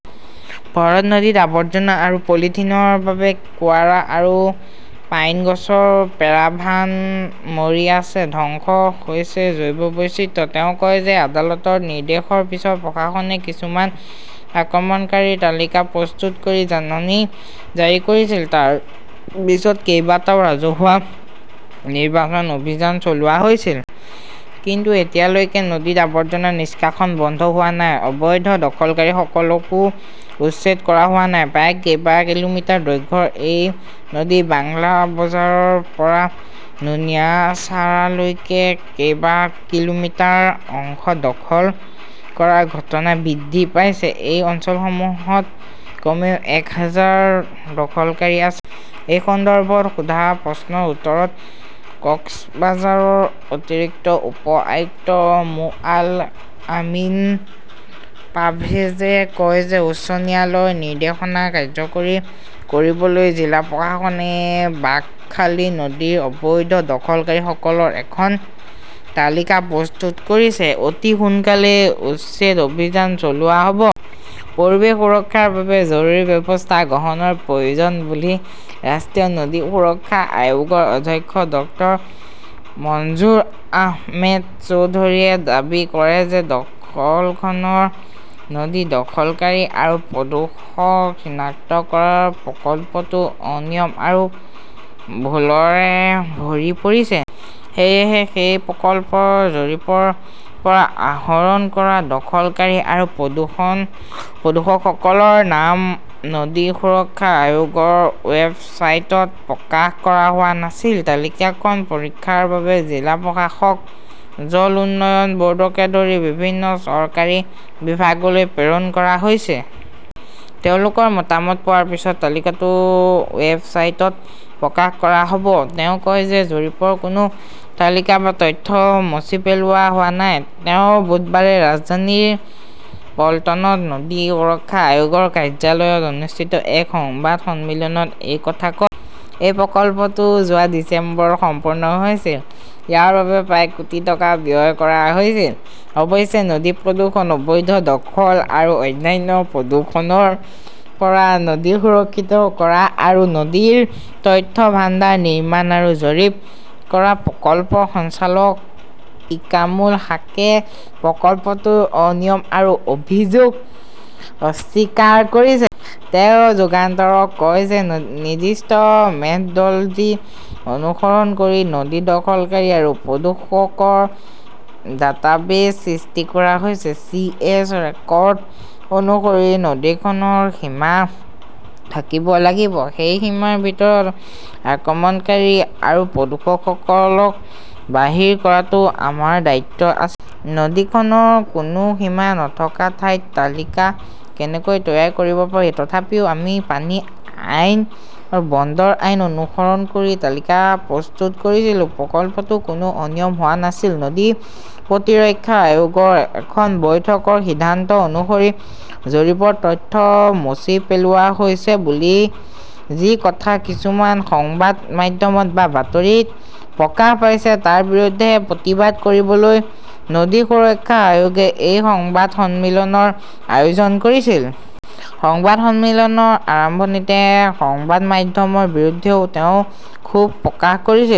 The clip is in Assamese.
ভৰত নদীত আৱৰ্জনা আৰু পলিথিনৰ বাবে কোৱাৰা আৰু পাইন গছৰ পেৰাভান মৰি আছে। ধ্বংস হৈছে জৈৱ বৈচিত্ৰ্য। তেওঁ কয় যে আদালতৰ নিৰ্দেশৰ পিছত প্ৰশাসনে কিছুমান আক্ৰমণকাৰীৰ তালিকা প্ৰস্তুত কৰি জাননী জাৰি কৰিছিল। তাৰ পিছত কেইবাটাও ৰাজহুৱা নিৰ্বাসন অভিযান চলোৱা হৈছিল। কিন্তু এতিয়ালৈকে নদীত আৱৰ্জনা নিষ্কাশন বন্ধ হোৱা নাই। অবৈধ দখলকাৰীসকলকো উচ্ছেদ কৰা হোৱা নাই। প্ৰায় কেইবা কিলোমিটাৰ দৈৰ্ঘ্যৰ এই নদীৰ বাংলা বজাৰৰ পৰা নুনিয়াছাৰালৈকে কেইবা কিলোমিটাৰ অংশ দখল কৰাৰ ঘটনা বৃদ্ধি পাইছে। এই অঞ্চলসমূহত কমেও এক হাজাৰ দখলকাৰী আছে। এই সন্দৰ্ভত সোধা প্ৰশ্নৰ উত্তৰত কক্সবাজাৰৰ অতিৰিক্ত উপ-আয়ুক্ত মো. আল আমিন পাৰ্ভেজে কয় যে উচ্চ ন্যায়ালয়ৰ নিৰ্দেশনা কাৰ্যকৰী কৰিবলৈ জিলা প্ৰশাসনে বাঁকখালী নদীৰ অবৈধ দখলকাৰীসকলৰ এখন তালিকা প্ৰস্তুত কৰিছে। অতি সোনকালেই উচ্ছেদ অভিযান চলোৱা হ'ব। পৰিৱেশ সুৰক্ষাৰ বাবে জৰুৰী ব্যৱস্থা গ্ৰহণৰ প্ৰয়োজন বুলি ৰাষ্ট্ৰীয় নদী সুৰক্ষা আয়োগৰ অধ্যক্ষ ডক্টৰ মনজুৰ আহমেদ চৌধুৰীয়ে দাবী কৰে যে দেশখনৰ নদী দখলকাৰী আৰু প্ৰদূষক চিনাক্ত কৰাৰ প্ৰকল্পটো অনিয়ম আৰু ভুলৰে ভৰি পৰিছে। সেয়েহে, সেই প্ৰকল্পৰ জৰীপৰ পৰা আহৰণ কৰা দখলকাৰী আৰু প্ৰদূষকসকলৰ নাম নদী সুৰক্ষা আয়োগৰ ৱেবছাইটত প্ৰকাশ কৰা হোৱা নাছিল। তালিকাখন পৰীক্ষাৰ বাবে জিলা প্ৰশাসক, জল উন্নয়ন ব'ৰ্ডকে ধৰি বিভিন্ন চৰকাৰী বিভাগলৈ প্ৰেৰণ কৰা হৈছে। তেওঁলোকৰ মতামত পোৱাৰ পিছত তালিকাটো ৱেবছাইটত প্ৰকাশ কৰা হ'ব। তেওঁ কয় যে জৰীপৰ কোনো তালিকা বা তথ্য মচি পেলোৱা হোৱা নাই। তেওঁ বুধবাৰে ৰাজধানীৰ পল্টনত নদী সুৰক্ষা আয়োগৰ কাৰ্যালয়ত অনুষ্ঠিত এক সংবাদ সন্মিলনত এই কথা কয়। এই প্ৰকল্পটো যোৱা ডিচেম্বৰত সম্পূৰ্ণ হৈছিল। ইয়াৰ বাবে প্ৰায় কোটি টকা ব্যয় কৰা হৈছিল। অৱশ্যে, নদী প্ৰদূষণ, অবৈধ দখল আৰু অন্যান্য প্ৰদূষণৰ পৰা নদী সুৰক্ষিত কৰা আৰু নদীৰ তথ্য ভাণ্ডাৰ নিৰ্মাণ আৰু জৰীপ কৰা প্ৰকল্পৰ সঞ্চালক ইক্ৰামুল হাকে প্ৰকল্পটোৰ অনিয়ম আৰু অভিযোগ অস্বীকাৰ কৰিছে। তেওঁ যুগান্তৰক কয় যে নিৰ্দিষ্ট মেথডলজী অনুসৰণ কৰি নদী দখলকাৰী আৰু প্ৰদূষকৰ ডাটাবেছ সৃষ্টি কৰা হৈছে। চি. এছ. ৰেকৰ্ড অনুসৰি নদীখনৰ সীমা থাকিব লাগিব। সেই সীমাৰ ভিতৰত আক্ৰমণকাৰী আৰু প্ৰদূষকসকলক বাহিৰ কৰাটো আমাৰ দায়িত্ব আছিল। নদীখনৰ কোনো সীমা নথকা ঠাইত তালিকা কেনেকৈ তৈয়াৰ কৰিব পাৰি? তথাপিও আমি পানী আইন আৰু বন্দৰ আইন অনুসৰণ কৰি তালিকা প্ৰস্তুত কৰিছিলো। প্ৰকল্পটোত কোনো অনিয়ম হোৱা নাছিল। নদী প্ৰতিৰক্ষা আয়োগৰ এখন বৈঠকৰ সিদ্ধান্ত অনুসৰি, জৰীপৰ তথ্য মচি পেলোৱা হৈছে বুলি যি কথা কিছুমান সংবাদ মাধ্যমত বা বাতৰিত প্ৰকাশ পাইছে, তাৰ বিৰুদ্ধে প্ৰতিবাদ কৰিবলৈ নদী সুৰক্ষা আয়োগে এই সংবাদ সন্মিলনৰ আয়োজন কৰিছিল। সংবাদ সন্মিলনৰ আৰম্ভণিতে সংবাদ মাধ্যমৰ বিৰুদ্ধেও তেওঁ ক্ষোভ প্ৰকাশ কৰিছিল।